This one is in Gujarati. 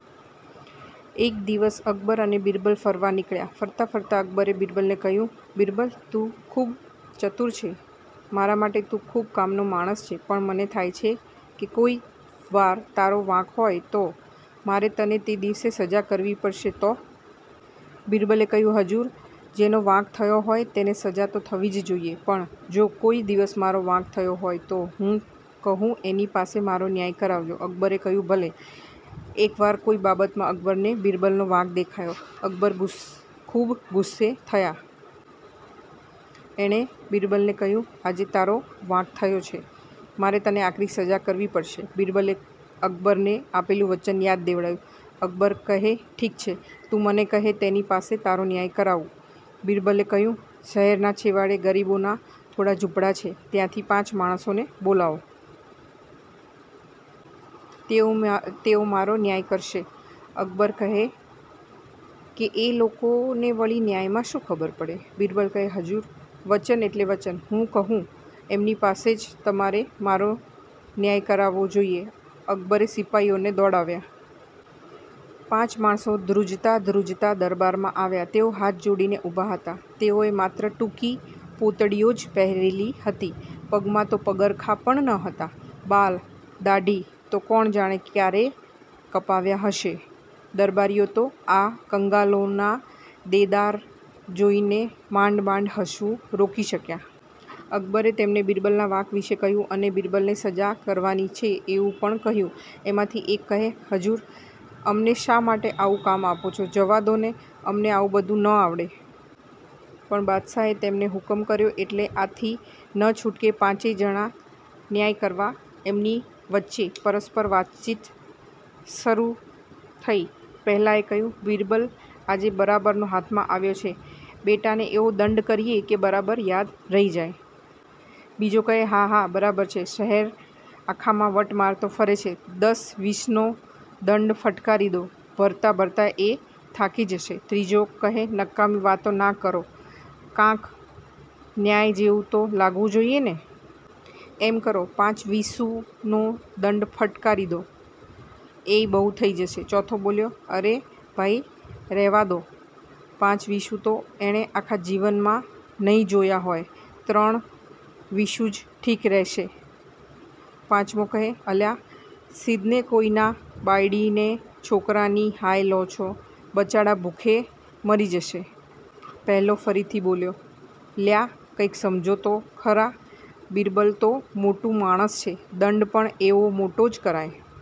એક દિવસ અકબર અને બીરબલ ફરવા નિકળ્યા. ફરતાં ફરતાં અકબરે બીરબલને કહ્યું, બીરબલ તું ખૂબ ચતુર છે. મારા માટે તું ખૂબ કામનો માણસ છે, પણ મને થાય છે કે કોઈ વાર તારો વાંક હોય તો, મારે તને તે દિવસે સજા કરવી પડશે તો? બીરબલે કહ્યું, હજુર! જેનો વાંક થયો હોય તેને સજા તો થવી જ જોઇએ. પણ જો કોઈ દિવસ મારો વાંક થયો હોય તો હું કહું એની પાસે મારો ન્યાય કરાવજો. અકબરે કહ્યું, ભલે. એક વાર કોઈ બાબતમાં અકબરને બીરબલનો વાંક દેખાયો, અકબર ખૂબ ગુસ્સે થયાં. એણે બીરબલને કહ્યું આજે તારો વાંક થયો છે. મારે તને આકરી સજા કરવી પડશે. બીરબલે અકબરને આપેલું વચન યાદ દેવડાવ્યું. અકબર કહે ઠીક છે, તું મને કહે તેની પાસે તારો ન્યાય કરાવું. બીરબલે કહ્યું શહેરનાં છેવાડે ગરીબોના થોડા ઝુંપડા છે ત્યાંથી પાંચ માણસોને બોલાવો. તેઓ મારો ન્યાય કરશે. અકબર કહે કે એ લોકોને વળી ન્યાયમાં શું ખબર પડે? બીરબલ કહે, હજુર! વચન એટલે વચન. હું કહું એમની પાસે જ તમારે મારો ન્યાય કરાવવો જોઈએ. અકબરે સિપાઈઓને દોડાવ્યાં. પાંચ માણસો ધ્રૂજતા ધ્રૂજતા દરબારમાં આવ્યાં. તેઓ હાથ જોડીને ઉભા હતા. તેઓએ માત્ર ટૂંકી પોતડીઓ જ પહેરેલી હતી. પગમાં તો પગરખા પણ ન હતાં. બાલ-દાઢી તો કોણ જાણે ક્યારે કપાવ્યાં હશે! દરબારીઓ તો આ કંગાલોના દેદાર જોઈને માંડ માંડ હસવું રોકી શકયાં. અકબરે તેમને બીરબલનાં વાંક વિશે કહ્યું અને બીરબલને સજા કરવાની છે એવું પણ કહ્યું. એમાંથી એક કહે, હજૂર અમને શા માટે આવું કામ આપો છો? જવા દો ને, અમને આવું બધું ન આવડે. પણ બાદશાહે તેમને હુકમ કર્યોં એટલે આથી નછૂટકે પાંચેય જણા ન્યાય કરવાં. એમની વચ્ચે પરસ્પર વાતચીત શરૂ થઈ. પહેલાએ કહ્યું- બીરબલ આજે બરાબરનો હાથમાં આવ્યો છે, બેટાને એવો દંડ કરીએ કે બરાબર યાદ રહી જાય! બીજો કહે હા, હા, બરાબર છે, શહેર આખામાં વટ મારતો ફરે છે, દસ વીશનો દંડ ફટકારી દો. ભરતાં ભરતાં એ થાકી જશે. ત્રીજો કહે, નકામી વાતો ના કરો, કાંક ન્યાય જેવું તો લાગવું જોઈએ ને? એમ કરો, પાંચ વીશુંનો દંડ ફટકારી દો. એય બહુ થઈ જશે. ચોથો બોલ્યો અરે ભાઇ રે'વા દો, પાંચ વીશું તો એણે આખા જીવનમાં નહીં જોયા હોય. ત્રણ વીશું જ ઠીક રહેશે. પાંચમો કહે, અલ્યાં શીદને કોઈના બાયડી ને છોકરાની હાય લો છો, બચાડા ભૂખે મરી જશે. પહેલો ફરીથી બોલ્યો લ્યાં કંઈક સમજો તો ખરા! બીરબલ તો મોટું માણસ છે, દંડ પણ એવો મોટો જ કરાય